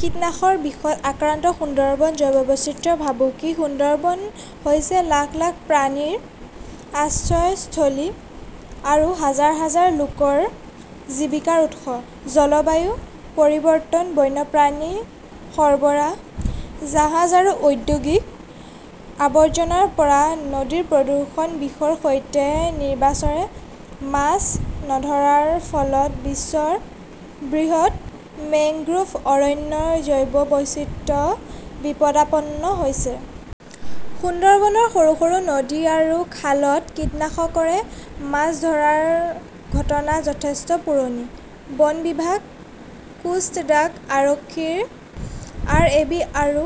কীটনাশকৰ বিষত আক্ৰান্ত সুন্দৰবন, জৈৱ বৈচিত্ৰ্যৰ ভাবুকি সুন্দৰবন হৈছে লাখ- লাখ প্ৰাণীৰ আশ্ৰয়স্থলী আৰু হাজাৰ- হাজাৰ লোকৰ জীৱিকাৰ উৎস। জলবায়ু পৰিৱৰ্তন, বন্যপ্ৰাণীৰ সৰবৰাহ, জাহাজ আৰু ঔদ্যোগিক আৱৰ্জনাৰ পৰা নদীৰ প্ৰদূষণ, বিষৰ সৈতে নিৰ্বিচাৰে মাছ ধৰাৰ ফলত বিশ্বৰ সৰ্ববৃহৎ মেংগ্ৰোভ অৰণ্যৰ জৈৱ বৈচিত্ৰ্য বিপদাপন্ন হৈছে। সুন্দৰবনৰ সৰু -সৰু নদী আৰু খালত কীটনাশকৰে মাছ ধৰাৰ ঘটনা যথেষ্ট পুৰণি। বন বিভাগ, কোষ্ট গাৰ্ড, আৰক্ষী, আৰএবি আৰু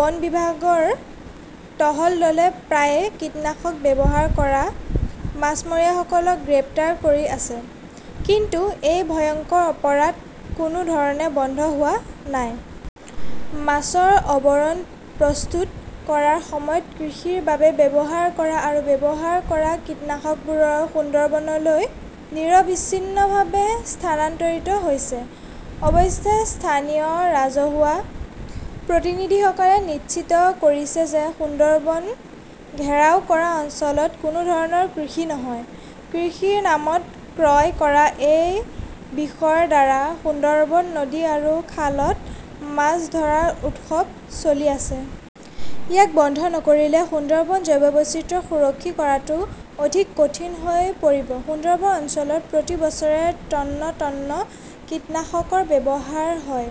বন বিভাগৰ টহল দলে প্ৰায়ে কীটনাশক ব্যৱহাৰ কৰা মাছমৰীয়াসকলক গ্ৰেপ্তাৰ কৰি আছে। কিন্তু এই ভয়ংকৰ অপৰাধ কোনো ধৰণে বন্ধ হোৱা নাই। মাছৰ আৱৰণ প্ৰস্তুত কৰাৰ সময়ত কৃষিৰ বাবে ব্যৱহাৰ কৰা আৰু ব্যৱহাৰ কৰা কীটনাশকবোৰ সুন্দৰবনলৈ নিৰবিচ্ছিন্নভাৱে স্থানান্তৰিত হৈছে। অৱশ্যে স্থানীয় ৰাজহুৱা প্ৰতিনিধিসকলে নিশ্চিত কৰিছে যে সুন্দৰবন ঘেৰাও কৰা অঞ্চলত কোনো ধৰণৰ কৃষি নহয়। কৃষিৰ নামত ক্ৰয় কৰা এই বিষৰ দ্বাৰা সুন্দৰবনৰ নদী আৰু খালত মাছ ধৰাৰ উৎসৱ চলি আছে। ইয়াক বন্ধ নকৰিলে সুন্দৰবনৰ জৈৱ বৈচিত্ৰ্য সুৰক্ষিত কৰাটো অধিক কঠিন হৈ পৰিব। সুন্দৰবন অঞ্চলত প্ৰতি বছৰে টন -টন কীটনাশকৰ ব্যৱসায় হয়,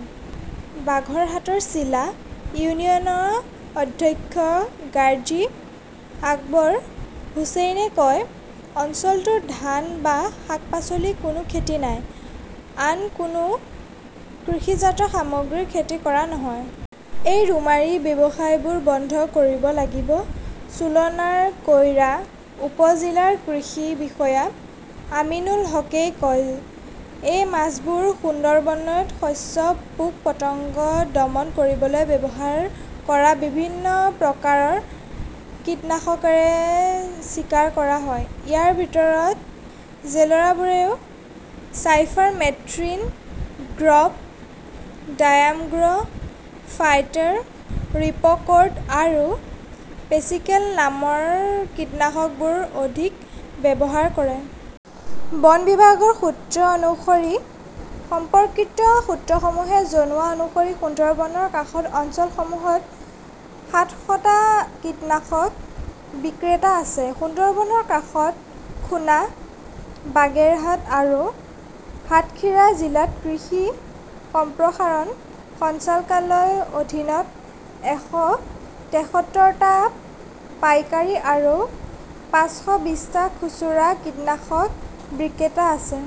বাঘৰহাটৰ চিলা ইউনিয়নৰ অধ্যক্ষ গাজী আকবৰ হুচেইনে কয়। অঞ্চলটোত ধান বা শাক-পাচলিৰ কোনো খেতি নাই, আন কোনো কৃষিজাত সামগ্ৰীৰ খেতি কৰা নহয়। এই ৰোমাৰী ব্যৱসায়বোৰ বন্ধ কৰিব লাগিব। চুলনাৰ কইৰা উপ-জিলা কৃষি বিষয়া আমিনুল হকেই কয় যে মাছবোৰ সুন্দৰবনত শস্যৰ পোক-পতংগ দমন কৰিবলৈ ব্যৱহাৰ কৰা বিভিন্ন প্ৰকাৰৰ কীটনাশকৰে চিকাৰ কৰা হয়। ইয়াৰ ভিতৰত, জেলৰাবোৰে চাইফাৰমেথ্ৰিন গ্ৰুপ, ডায়ামগ্ৰ ', ফাইটৰ, ৰিপকৰ্ড আৰু পেচিকেল নামৰ কীটনাশকবোৰ অধিক ব্যৱহাৰ কৰে। বন বিভাগৰ সূত্ৰ অনুসৰি, সম্পৰ্কিত সূত্ৰসমূহে জনোৱা অনুসৰি সুন্দৰবনৰ কাষৰ অঞ্চলসমূহত সাতশ টা কীটনাশক বিক্ৰেতা আছে, সুন্দৰবনৰ কাষৰ খুনা, বাগেৰহাট আৰু সাতখিৰা জিলাত কৃষি সম্প্ৰসাৰণ সঞ্চালকালয়ৰ অধীনত এশ তেসত্তৰ টা পাইকাৰী আৰু পাঁচশবিছটা খুচুৰা কীটনাশক বিক্ৰেতা আছে।